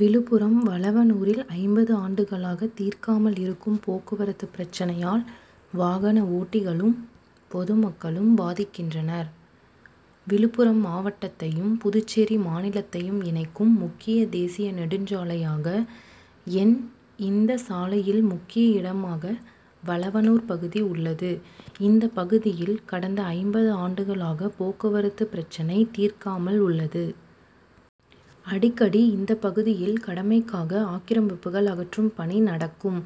விழுப்புரம் வளவனூரில் ஐம்பது ஆண்டுகளாக தீர்க்காமல் இருக்கும் போக்குவரத்து பிரச்னையால் வாகன ஓட்டிகளும், பொது மக்களும் பாதிக்கின் றனர். விழுப்புரம் மாவட்டத்தையும், புதுச்சேரி மாநிலத்தையும் இணைக்கும் முக்கிய தேசிய நெடுஞ்ச் சாலையாக என். இந்த சாலையில் முக் கிய இடமாக வளவனூர் பகுதி உள்ளது. இந்த பகுதியில் கடந்த ஐம்பது ஆண்டுகளாக போக்குவரத்து பிரச்னை தீர்க்காமல் உள்ளது. அடிக்கடி இந்த பகுதியில் கடமைக்காக ஆக்கிரமிப்புகள் அகற்றும் பணி நடக்கும்.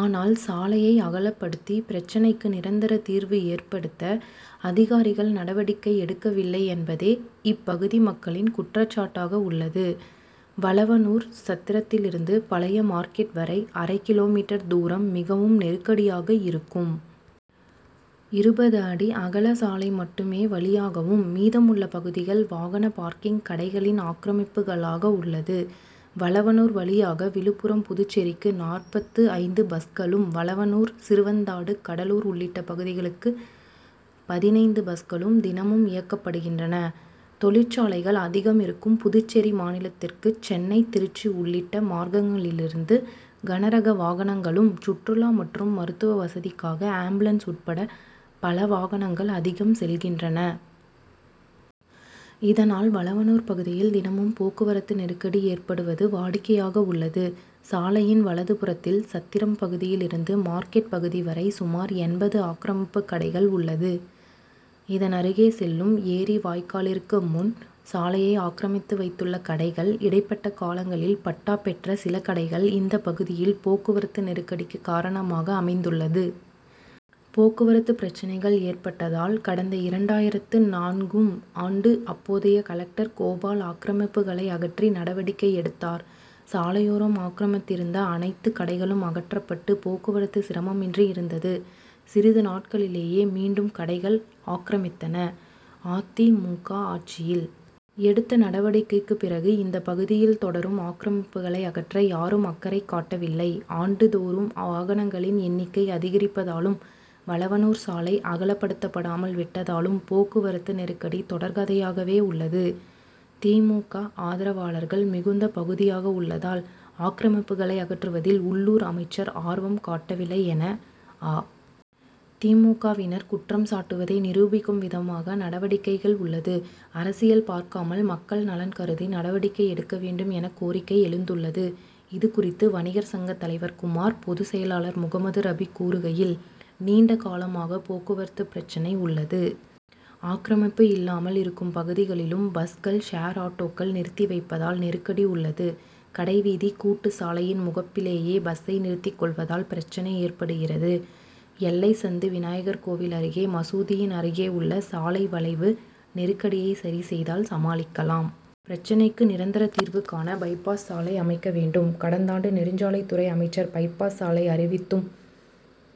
ஆனால் சாலையை அகலப்படுத்தி பிரச்னைக்கு நிரந்தர தீர்வு ஏற்படுத்த அதிகாரிகள் நடவடிக்கை எடுக்கவில்லை என்பதே இப்பகுதி மக்களின் குற்றச்சாட்டாக உள்ளது. வளவனூர் சத்திரத்திலிருந்து பழைய மார்க்கெட் வரை அரை கிலோ மீட்டர் தூரம் மிகவும் நெருக்கடியாக இருக்கும். இருபது அடி அகல சாலை மட்டுமே வழியாகவும் மீதமுள்ள பகுதிகள் வாகன பார்க்கிங், கடைகளின் ஆக்கிரமிப்புகளாக உள்ளது. வளவனூர் வழியாக விழுப்புரம்-புதுச்சேரிக்கு நாற்பத்து ஐந்து பஸ்களும், வளவனூர், சிறுவந்தாடு, கடலூர் உள்ளிட்ட பகுதிகளுக்கு பதினைந்து பஸ்களும் தினமும் இயக்கப்படுகின்றன. தொழிற்சாலைகள் அதிகம் இருக்கும் புதுச்சேரி மாநிலத்திற்கு சென்னை, திருச்சி உள் ளிட்ட மார்க்கங்களிலிருந்து கனரக வாகனங்களும், சுற்றுலா மற்றும் மருத்துவ வசதிக்காக ஆம்புலன்ஸ் உட்பட பல வாகனங்கள் அதிகம் செல்கின்றன. இதனால் வளவனூர் பகுதியில் தினமும் போக்கு வரத்து நெருக்கடி ஏற்படுவது வாடிக்கையாக உள்ளது. சாலையின் வலது புறத்தில் சத்திரம் பகுதியில் இருந்து மார்க்கெட் பகுதி வரை சுமார் எண்பது ஆக்கிரமிப்பு கடைகள் உள்ளது. இதனருகே செல்லும் ஏரி வாய்க்காலிற்கு முன் சாலையை ஆக்கிரமித்து வைத்துள்ள கடைகள், இடைப்பட்ட காலங்களில் பட்டா பெறப்பட்ட சில கடைகள் இந்த பகுதியில் போக்குவரத்து நெருக்கடிக்கு காரணமாக அமைந்துள்ளது. போக்குவரத்து பிரச்னைகள் ஏற்பட்டதால் கடந்த இரண்டாயிரத்து நான்கு ம் ஆண்டு அப்போதைய கலெக்டர் கோபால் ஆக்கிரமிப்புகளை அகற்றி நடவடிக்கை எடுத்தார். சாலையோரம் ஆக்கிரமித்திருந்த அனைத்து கடைகளும் அகற்றப் பட்டு போக்குவரத்து சிரமமின்றி இருந்தது. சிறிது நாட்களிலேயே மீண்டும் கடைகள் ஆக்கிரமித்தன. அ. தி. மு. க.,ஆட்சியில் எடுத்த நடவடிக்கைக்கு பிறகு இந்த பகுதியில் தொடரும் ஆக்கிரமிப்புகளை அகற்ற யாரும் அக்கறை காட்டவில்லை. ஆண்டு தோறும் வாகனங்களின் எண்ணிக்கை அதிகரிப்பதாலும், வளவனூர் சாலை அகலப்படுத்தாமல் விட்டதாலும் போக்குவரத்து நெருக்கடி தொடர் கதையாகவே உள்ளது. தி. மு. க., ஆதரவாளர்கள் மிகுந்த பகுதியாக உள்ளதால் ஆக்கிரமிப்புகளை அகற்றுவதில் உள்ளூர் அமைச்சர் ஆர்வம் காட்டவில்லை என அ. தி. மு. க., வினர் குற்றம் சாட்டுவதை நிரூபிக்கும் விதமாக நடவடிக்கைகள் உள்ளது. அரசியல் பார்க்காமல் மக்கள் நலன் கருதி நடவடிக்கை எடுக்க வேண்டும் என கோரிக்கை எழுந்துள்ளது. இது குறித்து வணிகர் சங்கத் தலைவர் குமார், பொது செயலாளர் முகமது ரபி கூறுகையில்: நீண்ட காலமாக போக்குவரத்து பிரச்னை உள்ளது. ஆக்கிரமிப்பு இல்லாமல் இருக்கும் பகுதிகளிலும் பஸ்கள், ஷேர் ஆட்டோக்கள் நிறுத்தி வைப்பதால் நெருக்கடி உள்ளது. கடைவீதி கூட்டு சாலையின் முகப் பிலேயே பஸ்சை நிறுத்திக் கொள் வதால் பிரச்னை ஏற்படுகிறது. எல்லை சந்து, விநாயகர் கோவில் அருகே, மசூதியின் அருகே உள்ள சாலை வளைவு நெருக்கடியை சரி செய்தால் சமாளிக்கலாம். பிரச்னைக்கு நிரந்தர தீர்வுகாண பைபாஸ் சாலை அமைக்க வேண்டும். கடந் தாண்டு நெடுஞ்சாலைத் துறை அமைச்சர் பைபாஸ் சாலை அறிவித்தும்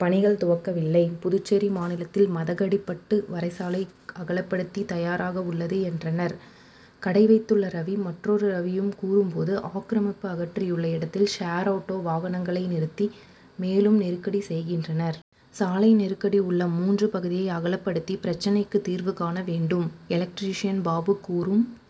பணிகள் துவக்கவில்லை. புதுச் சேரி மாநிலத்தில் மதகடிப் பட்டு வரை சாலை அகலப் படுத்தி தயாராக உள்ளது என்றனர். கடை வைத்துள்ள ரவி, மற் றொரு ரவியும் கூறும் போது, ஆக்கிரமிப்பு அகற்றியுள்ள இடத்தில் ஷேர் ஆட்டோ, வாகனங்க ளை நிறுத்தி மேலும் நெருக்கடி செய்கின்றனர். சாலை நெருக்கடி உள்ள மூன்று பகுதியை அகலப்படுத்தி பிரச்னைக்கு தீர்வுகாண வேண்டும். எலக்ட்ரிஷியன் பாபு கூறும்